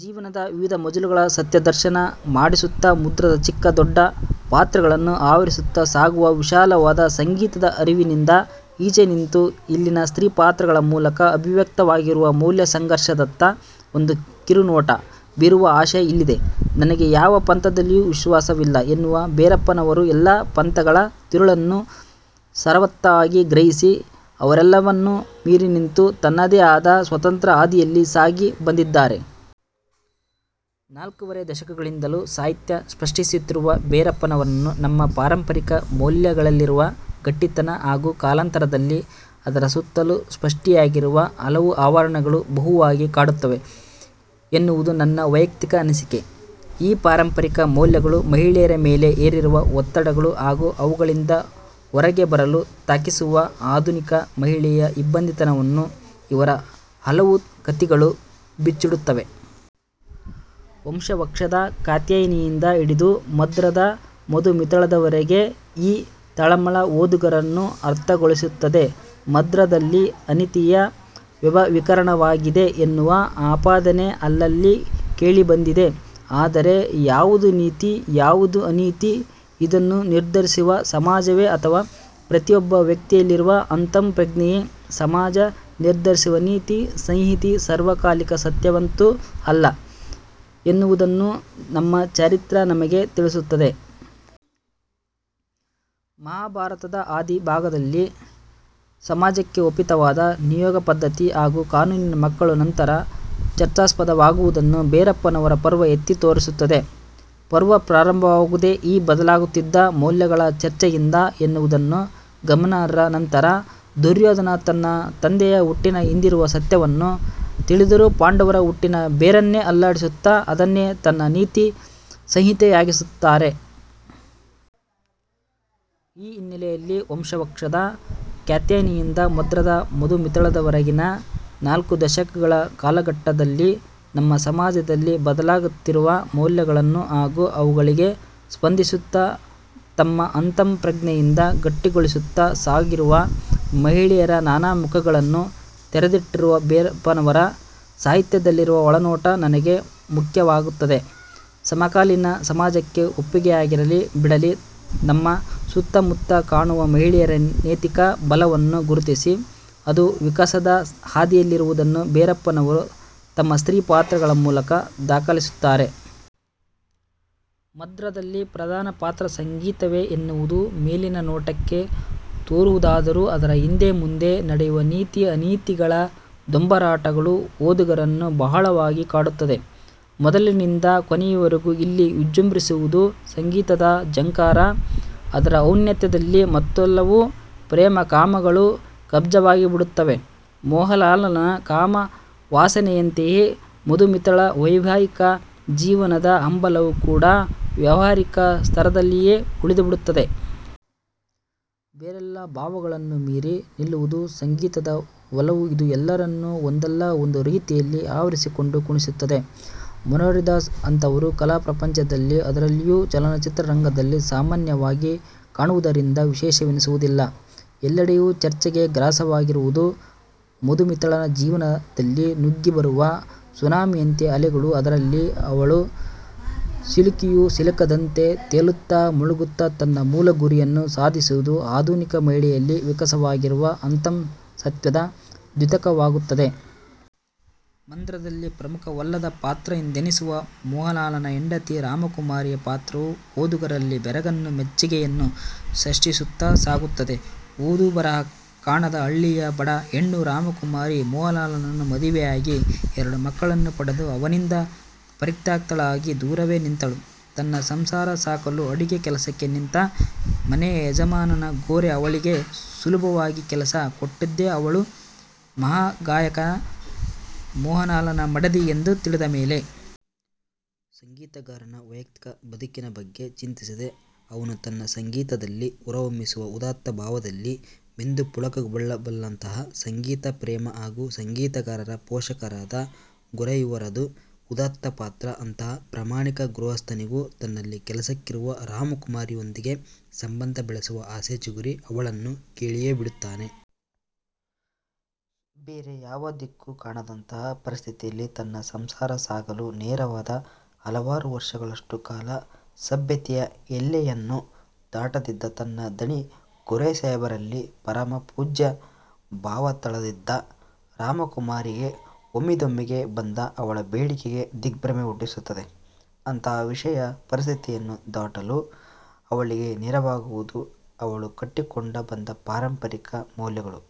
ಜೀವನದ ವಿವಿಧ ಮಜಲುಗಳ ಸತ್ಯದರ್ಶನ ಮಾಡಿಸುತ್ತಾ ಮಂದ್ರದ ಚಿಕ್ಕ ದೊಡ್ಡ ಪಾತ್ರಗಳನ್ನು ಆವರಿಸುತ್ತಾ ಸಾಗುವ ವಿಶಾಲವಾದ ಸಂಗೀತದ ಹರವಿನಿಂದ ಈಚೆ ನಿಂತು ಇಲ್ಲಿನ ಸ್ತ್ರೀ ಪಾತ್ರಗಳ ಮೂಲಕ ಅಭಿವ್ಯಕ್ತವಾಗಿರುವ ವೌಲ್ಯ ಸಂಘರ್ಷದತ್ತ ಒಂದು ಕಿರು ನೋಟ ಬೀರುವ ಆಶಯ ಇಲ್ಲಿದೆ. 'ನನಗೆ ಯಾವ ಪಂಥದಲ್ಲಿಯೂ ವಿಶ್ವಾಸವಿಲ್ಲ' ಎನ್ನುವ ಭೆರಪ್ಪನವರು ಎಲ್ಲಾ ಪಂಥಗಳ ತಿರುಳನ್ನೂ ಸಾರವತ್ತಾಗಿ ಗ್ರಹಿಸಿ, ಅವೆಲ್ಲವನ್ನೂ ಮೀರಿನಿಂತು, ತನ್ನದೇ ಆದ ಸ್ವತಂತ್ರ ಹಾದಿಯಲ್ಲಿ ಸಾಗಿ ಬಂದಿದ್ದಾರೆ. ನಾಲಕ್ಕೂವರೆ ದಶಕಗಳಿಂದಲೂ ಸಾಹಿತ್ಯ ಸಷ್ಟಿಸುತ್ತಿರುವ ಭೆರಪ್ಪನವರನ್ನು ನಮ್ಮ ಪಾರಂಪರಿಕ ವೌಲ್ಯಗಳಲ್ಲಿರುವ ಗಟ್ಟಿತನ ಹಾಗೂ ಕಾಲಾಂತರದಲ್ಲಿ ಅದರ ಸುತ್ತಲೂ ಸಷ್ಟಿಯಾಗಿರುವ ಹಲವು ಆವರಣಗಳು ಬಹುವಾಗಿ ಕಾಡುತ್ತವೆ ಎನ್ನುವುದು ನನ್ನ ವೆಯಕ್ತಿಕ ಅನಿಸಿಕೆ. ಈ ಪಾರಂಪರಿಕ ವೌಲ್ಯಗಳು ಮಹಿಳೆಯರ ಮೇಲೆ ಹೇರಿರುವ ಒತ್ತಡಗಳು ಹಾಗೂ ಅವುಗಳಿಂದ ಹೊರಗೆ ಬರಲು ತವಕಿಸುವ ಆಧುನಿಕ ಮಹಿಳೆಯ ಇಬ್ಬಂದಿತನವನ್ನು ಇವರ ಹಲವು ಕತಿಗಳು ಬಿಚ್ಚಿಡುತ್ತವೆ. 'ವಂಶವಕ್ಷ'ದ ಕಾತ್ಯಾಯನಿಯಿಂದ ಹಿಡಿದು 'ಮಂದ್ರ'ದ ಮಧುಮಿತಾಳವರೆಗೆ ಈ ತಳಮಳ ಓದುಗರನ್ನು ಆರ್ದ್ರಗೊಳಿಸುತ್ತದೆ. 'ಮಂದ್ರ'ದಲ್ಲಿ ಅನೀತಿಯ ವೆಭವೀಕರಣವಾಗಿದೆ ಎನ್ನುವ ಆಪಾದನೆ ಅಲ್ಲಲ್ಲಿ ಕೇಳಿಬಂದಿದೆ. ಆದರೆ, ಯಾವುದು ನೀತಿ? ಯಾವುದು ಅನೀತಿ? ಇದನ್ನು ನಿರ್ಧರಿಸುವುದು ಸಮಾಜವೇ ಅಥವಾ ಪ್ರತಿಯೊಬ್ಬ ವ್ಯಕ್ತಿಯಲ್ಲಿರುವ ಅಂತಃ ಪ್ರಜ್ಞೆಯೇ? ಸಮಾಜ ನಿರ್ಧರಿಸುವ ನೀತಿ ಸಂಹಿತೆ ಸಾರ್ವಕಾಲಿಕ ಸತ್ಯವಂತೂ ಅಲ್ಲ ಎನ್ನುವುದನ್ನು ನಮ್ಮ ಚರಿತ್ರೆ ನಮಗೆ ತಿಳಿಸುತ್ತಿದೆ. ಮಹಾಭಾರತದ ಆದಿ ಭಾಗದಲ್ಲಿ ಸಮಾಜಕ್ಕೆ ಒಪ್ಪಿತವಾದ ನಿಯೋಗ ಪದ್ಧತಿ ಹಾಗೂ ಕಾನೀನ ಮಕ್ಕಳು ನಂತರ ಚರ್ಚಾಸ್ಪದವಾಗುವುದನ್ನು ಭೆರಪ್ಪನವರ 'ಪರ್ವ' ಎತ್ತಿ ತೋರಿಸುತ್ತದೆ. ಪರ್ವ ಪ್ರಾರಂಭವಾಗುವುದೇ ಈ ಬದಲಾಗುತ್ತಿದ್ದ ವೌಲ್ಯಗಳ ಚರ್ಚೆಯಿಂದ ಎನ್ನುವುದನ್ನು ಗಮನಾರ್ಹ. ನಂತರ, ದುರ್ಯೋಧನ ತನ್ನ ತಂದೆಯ ಹುಟ್ಟಿನ ಹಿಂದಿರುವ ಸತ್ಯವನ್ನು ತಿಳಿದರೂ, ಪಾಂಡವರ ಹುಟ್ಟಿನ ಬೇರನ್ನೇ ಅಲ್ಲಾಡಿಸುತ್ತಾ, ಅದನ್ನೇ ತನ್ನ ನೀತಿ ಸಂಹಿತೆಯಾಗಿಸುತ್ತಾನೆ. ಈ ಹಿನ್ನೆಲೆಯಲ್ಲಿ, ವಂಶವಕ್ಷದ ಕಾತ್ಯಾಯನಿಯಿಂದ ಮಂದ್ರದ ಮಧುಮಿತಾಳವರೆಗಿನ ನಾಲಕ್ಕು ದಶಕಗಳ ಕಾಲಘಟ್ಟದಲ್ಲಿ ನಮ್ಮ ಸಮಾಜದಲ್ಲಿ ಬದಲಾಗುತ್ತಿರುವ ವೌಲ್ಯಗಳನ್ನೂ ಹಾಗೂ ಅವುಗಳಿಗೆ ಸ್ಪಂದಿಸುತ್ತಾ ತಮ್ಮ ಅಂತಃ ಪ್ರಜ್ಞೆಯನ್ನು ಗಟ್ಟಿಗೊಳಿಸುತ್ತಾ ಸಾಗಿರುವ ಮಹಿಳೆಯರ ನಾನಾ ಮುಖಗಳನ್ನೂ ತೆರೆದಿಟ್ಟಿರುವ ಭೆರಪ್ಪನವರ ಸಾಹಿತ್ಯದಲ್ಲಿರುವ ಒಳನೋಟ ನನಗೆ ಮುಖ್ಯವಾಗುತ್ತದೆ. ಸಮಕಾಲೀನ ಸಮಾಜಕ್ಕೆ ಒಪ್ಪಿಗೆಯಾಗಿರಲಿ ಬಿಡಲಿ ನಮ್ಮ ಸುತ್ತ ಮುತ್ತ ಕಾಣುವ ಮಹಿಳೆಯರ ನೆತಿಕ ಬಲವನ್ನು ಗುರುತಿಸಿ ಅದು, ವಿಕಾಸದ ಹಾದಿಯಲ್ಲಿರುವುದನ್ನು ಭೆರಪ್ಪನವರು ತಮ್ಮ ಸ್ತ್ರೀ ಪಾತ್ರಗಳ ಮೂಲಕ ದಾಖಲಿಸುತ್ತಾರೆ. 'ಮಂದ್ರ'ದಲ್ಲಿ ಪ್ರಧಾನ ಪಾತ್ರ ಸಂಗೀತವೇ ಎನ್ನುವುದು ಮೇಲಿನ ನೋಟಕ್ಕೇ ತೋರುವುದಾದರೂ, ಅದರ ಹಿಂದೆ ಮುಂದೆ ನಡೆಯುವ ನೀತಿ-ಅನೀತಿಗಳ ದೊಂಬರಾಟಗಳು ಓದುಗರನ್ನು ಬಹಳವಾಗಿ ಕಾಡುತ್ತವೆ. ಮೊದಲಿನಿಂದ ಕೊನೆಯವರೆಗೂ ಇಲ್ಲಿ ವಿಜೃಂಭಿಸುವುದು ಸಂಗೀತದ ಝೇಂಕಾರ. ಅದರ ಔನ್ನತ್ಯದಲ್ಲಿ ಮತ್ತೆಲ್ಲವೂ, ಪ್ರೇಮ-ಕಾಮಗಳೂ ಕುಬ್ಜವಾಗಿಬಿಡುತ್ತವೆ. ಮೋಹನಲಾಲನ ಕಾಮವಾಸನೆಯಂತೆಯೇ ಮಧುಮಿತಾಳ ವೈವಾಹಿಕ ಜೀವನದ ಹಂಬಲವೂ ಕೂಡ ವ್ಯಾವಹಾರಿಕ ಸ್ತರದಲ್ಲಿಯೇ ಉಳಿದುಬಿಡುತ್ತದೆ. ಬೇರೆಲ್ಲಾ ಭಾವಗಳನ್ನೂ ಮೀರಿ ನಿಲ್ಲುವುದು ಸಂಗೀತದ ಒಲವು. ಇದು ಎಲ್ಲರನ್ನೂ ಒಂದಲ್ಲ ಒಂದು ರೀತಿಯಲ್ಲಿ ಆವರಿಸಿಕೊಂಡು ಕುಣಿಸುತ್ತದೆ. ಮನೋಹರಿ ದಾಸ್ ಅಂತಹವರು ಕಲಾ ಪ್ರಪಂಚದಲ್ಲಿ ಅದರಲ್ಲಿಯೂ ಚಲನಚಿತ್ರರಂಗದಲ್ಲಿ ಸಾಮಾನ್ಯವಾಗಿ ಕಾಣುವುದರಿಂದ ವಿಶೇಷವೆನಿಸುವುದಿಲ್ಲ. ಎಲ್ಲೆಡೆಯೂ ಚರ್ಚೆಗೆ ಗ್ರಾಸವಾಗಿರುವುದು ಮಧುಮಿತಾಳ ಜೀವನದಲ್ಲಿ ನುಗ್ಗಿ ಬರುವ ಸುನಾಮಿಯಂತಹ ಅಲೆಗಳು. ಅದರಲ್ಲಿ ಅವಳು ಸಿಲುಕಿಯೂ ಸಿಲುಕದಂತೆ ತೇಲುತ್ತಾ ಮುಳುಗುತ್ತಾ ತನ್ನ ಮೂಲ ಗುರಿಯನ್ನು ಸಾಧಿಸುವುದು ಆಧುನಿಕ ಮಹಿಳೆಯಲ್ಲಿ ವಿಕಾಸವಾಗಿರುವ ಅಂತಃಸತ್ತ್ವದ ದ್ಯೋತಕವಾಗುತ್ತದೆ. ಮಂದ್ರದಲ್ಲಿ ಪ್ರಮುಖವಲ್ಲದ ಪಾತ್ರ ಎಂದೆನಿಸುವ ಮೋಹನಲಾಲನ ಹೆಂಡತಿ ರಾಮಕುಮಾರಿಯ ಪಾತ್ರವೂ ಓದುಗರಲ್ಲಿ ಬೆರಗನ್ನೂ ಮೆಚ್ಚುಗೆಯನ್ನೂ ಸಷ್ಟಿಸುತ್ತಾ ಸಾಗುತ್ತದೆ. ಓದು-ಬರಹ ಕಾಣದ ಹಳ್ಳಿಯ ಬಡ ಹೆಣ್ಣು ರಾಮಕುಮಾರಿ ಮೋಹನಲಾಲನನ್ನು ಮದುವೆಯಾಗಿ ಎರಡು ಮಕ್ಕಳನ್ನು ಪಡೆದು ಅವನಿಂದ ಪರಿತ್ಯಕ್ತಳಾಗಿ ದೂರವೇ ನಿಂತವಳು. ತನ್ನ ಸಂಸಾರ ಸಾಕಲು ಅಡಿಗೆ ಕೆಲಸಕ್ಕೆ ನಿಂತ ಮನೆಯ ಯಜಮಾನ, ಗೋರೆ ಅವಳಿಗೆ ಸುಲಭವಾಗಿ ಕೆಲಸ ಕೊಟ್ಟದ್ದೇ, ಅವಳು ಮಹಾಗಾಯಕ ಮೋಹನಲಾಲನ ಮಡದಿ ಎಂದು ತಿಳಿದಮೇಲೆ. ಸಂಗೀತಗಾರನ ವೆಯಕ್ತಿಕ ಬದುಕಿನ ಬಗ್ಗೆ ಚಿಂತಿಸದೆ, ಅವನು ತನ್ನ ಸಂಗೀತದಲ್ಲಿ ಹೊರಹೊಮ್ಮಿಸುವ ಉದಾತ್ತ ಭಾವದಲ್ಲಿ ಮಿಂದು ಪುಳಕಗೊಳ್ಳಬಲ್ಲಂತಹ ಸಂಗೀತ ಪ್ರೇಮಿ ಹಾಗೂ ಸಂಗೀತಗಾರರ ಪೋಷಕರಾದ ಗೋರೆಯವರದು ಉದಾತ್ತ ಪಾತ್ರ. ಅಂತಹ ಪ್ರಾಮಾಣಿಕ ಗೃಹಸ್ಥನಿಗೂ ತನ್ನಲ್ಲಿ ಕೆಲಸಕ್ಕಿರುವ ರಾಮಕುಮಾರಿಯೊಂದಿಗೆ ಸಂಬಂಧ ಬೆಳೆಸುವ ಆಸೆ ಚಿಗುರಿ ಅವಳನ್ನು ಕೇಳಿಯೂ ಬಿಡುತ್ತಾನೆ. ಬೇರೆ ಯಾವ ದಿಕ್ಕೂ ಕಾಣದಂತಹ ಪರಿಸ್ಥಿತಿಯಲ್ಲಿ, ತನ್ನ ಸಂಸಾರ ಸಾಗಲು ನೆರವಾದ, ಹಲವಾರು ವರ್ಷಗಳಷ್ಟು ಕಾಲ ಸಭ್ಯತೆಯ ಎಲ್ಲೆಯನ್ನು ದಾಟದಿದ್ದ ತನ್ನ ಧಣಿ ಗೋರೆಸಾಹೇಬರಲ್ಲಿ ಪರಮ ಪೂಜ್ಯ ಭಾವ ತಳೆದಿದ್ದ ರಾಮಕುಮಾರಿಗೆ ಒಮ್ಮಿಂದೊಮ್ಮೆಗೇ ಬಂದ ಅವನ ಬೇಡಿಕೆ ದಿಗ್ಭ್ರಮೆ ಹುಟ್ಟಿಸುತ್ತದೆ. ಅಂತಹ ವಿಷಮ ಪರಿಸ್ಥಿತಿಯನ್ನು ದಾಟಲು ಅವಳಿಗೆ ನೆರವಾಗುವುದು ಅವಳು ಕಟ್ಟಿಕೊಂಡು ಬಂದ ಪಾರಂಪರಿಕ ವೌಲ್ಯಗಳು.